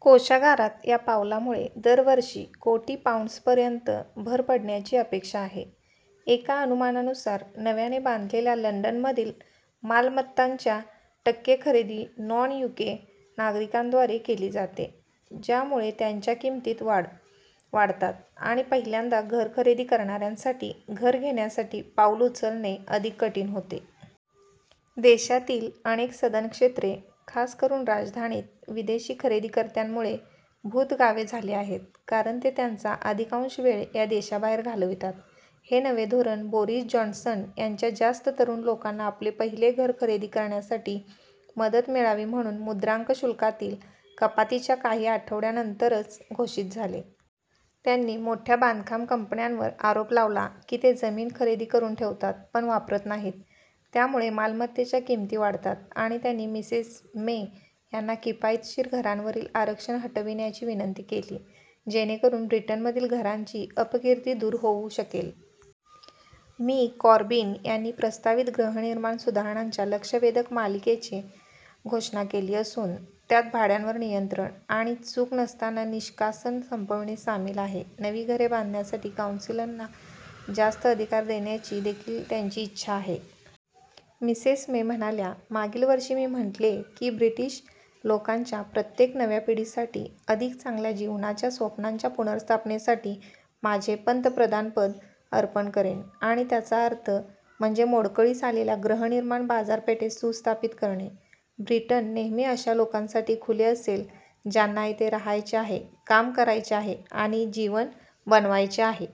कोषागारात या पावलामुळे दरवर्षी कोटी पाउंड्सपर्यंत भर पडण्याची अपेक्षा आहे. एका अनुमानानुसार, नव्याने बांधलेल्या लंडनमधील मालमत्तांचच्या टक्के खरेदी नॉन-यूके नागरिकांद्वारा केली जाते, ज्यामुळे त्यांच्या किमती वाढतात आणि पहिल्यांदा घर खरेदी करणाऱ्यांसाठी घर घेण्यासाठी पाऊल उचलणे अधिक कठीण होते. देशातील अनेक सधन क्षेत्रे – खास करून राजधानीत – विदेशी खरेदीकर्त्यांमुळे "भूत गावे" झाली आहेत, कारण ते त्यांचा अधिकांश वेळ या देशाबाहेर घालवितात. हे नवे धोरण बोरिस जॉन्सन यांच्या जास्त तरुण लोकांना आपले पहिले घर खरेदी करण्यासाठी मदत मिळावी म्हणून मुद्रांक शुल्कातील कपातीच्या काही आठवड्यानंतरच घोषित झाले. त्यांनी मोठ्या बांधकाम कंपन्यांवर आरोप लावला की ते जमिनी खरेदी करून ठेवतात पण वापरत नाहीत त्यामुळे मालमत्तेच्या किमती वाढतात, आणि त्यांनी मिसेस मे यांना किफायतशीर घरांवरील आरक्षण हटविण्याची विनंती केली, जेणेकरून ब्रिटनमधील "घरांची अपकीर्ती" दूर होऊ शकेल. " मि. कॉर्बीन यांनी प्रस्तावित गृहनिर्माण सुधारणांच्या लक्षवेधक मालिकेची घोषणा केली असून, त्यात भाड्यावर नियंत्रण आणि "चूक नसताना" निष्कासन संपविणे सामील आहे. नवी घरे बांधण्यासाठी कौन्सिल्सना जास्त अधिकार देण्याची देखील त्यांची इच्छा आहे. मिसेस मे म्हणाल्या: "मागील वर्षी मी म्हटले की ब्रिटीश लोकांच्या प्रत्येक नव्या पिढीसाठी अधिक चांगल्या जीवनाच्या स्वप्नांच्या पुनर्स्थापनेसाठी माझे पंतप्रधानपद अर्पण करेन. आणि त्याचा अर्थ म्हणजे मोडकळीस आलेल्या गृहनिर्माण बाजारपेठेस सुस्थापित करणे. ब्रिटन नेहमी अशा लोकांसाठी खुले असेल ज्यांना येथे राहायचे आहे, काम करायचे आहे आणि जीवन बनवायचे आहे.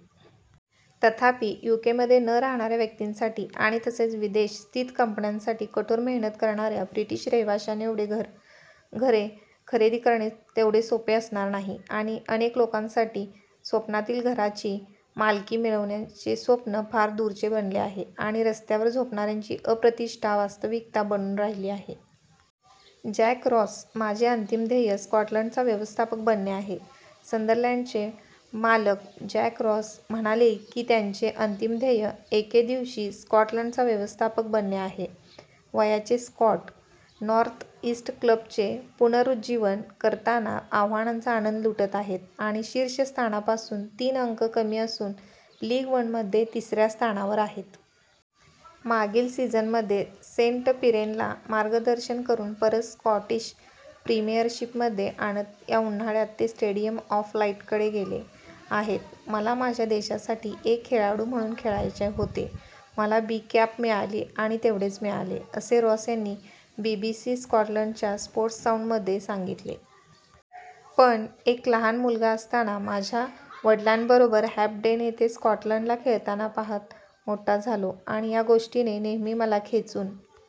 तथापि, यूकेमध्ये न राहणाऱ्या व्यक्तींसाठी आणि तसेच विदेश-स्थित कंपन्यांसाठी कठोर मेहनत करणाऱ्या ब्रिटीश रहिवाश्यांएवढे घरे खरेदी करणे तेवढे सोपे असणार नाही. अनेक लोकांसाठी स्वप्नातील घराची मालकी मिळविण्याचे स्वप्न फार दूरचे बनले आहे, आणि रस्त्यावर झोपणाऱ्यांची अप्रतिष्ठा वास्तविकता बनून राहिली आहे. जॅक रॉस: "माझे अंतिम ध्येय स्कॉटलंडचा व्यवस्थापक बनणे आहे" संदरलँडचे मालक जॅक रॉस म्हणाले की त्यांचे "अंतिम ध्येय" एके दिवशी स्कॉटलंडचा व्यवस्थापक बनणे आहे. वयाचे स्कॉट, नॉर्थ-इस्ट क्लबचे पुनरुज्जीवन करताना आव्हानांचा आनंद लुटत आहेत, आणि शीर्ष स्थानापासून तीन अंक कमी असून लीग वनमध्ये तिसऱ्या स्थानावर आहेत. मागील सीझनमध्ये सेंट मीरेनला मार्गदर्शन करून परत स्कॉटिश प्रीमियरशिपमध्ये आणत या उन्हाळ्यात ते स्टेडीयम ऑफ लाईटकडे गेले आहेत. "मला माझ्या देशासाठी एक खेळाडू म्हणून खेळायचे होते. मला बी कॅप मिळाली आणि तेवढेच मिळाले," असे रॉस यांनी बीबीसी स्कॉटलंडच्या स्पोर्ट्ससाऊंडमध्ये सांगितले. "पण एक लहान मुलगा असताना माझ्या वडिलांबरोबर हँपडेन येथे स्कॉटलंडला खेळताना पहात मोठा झालो, आणि या गोष्टीने नेहमी मला खेचून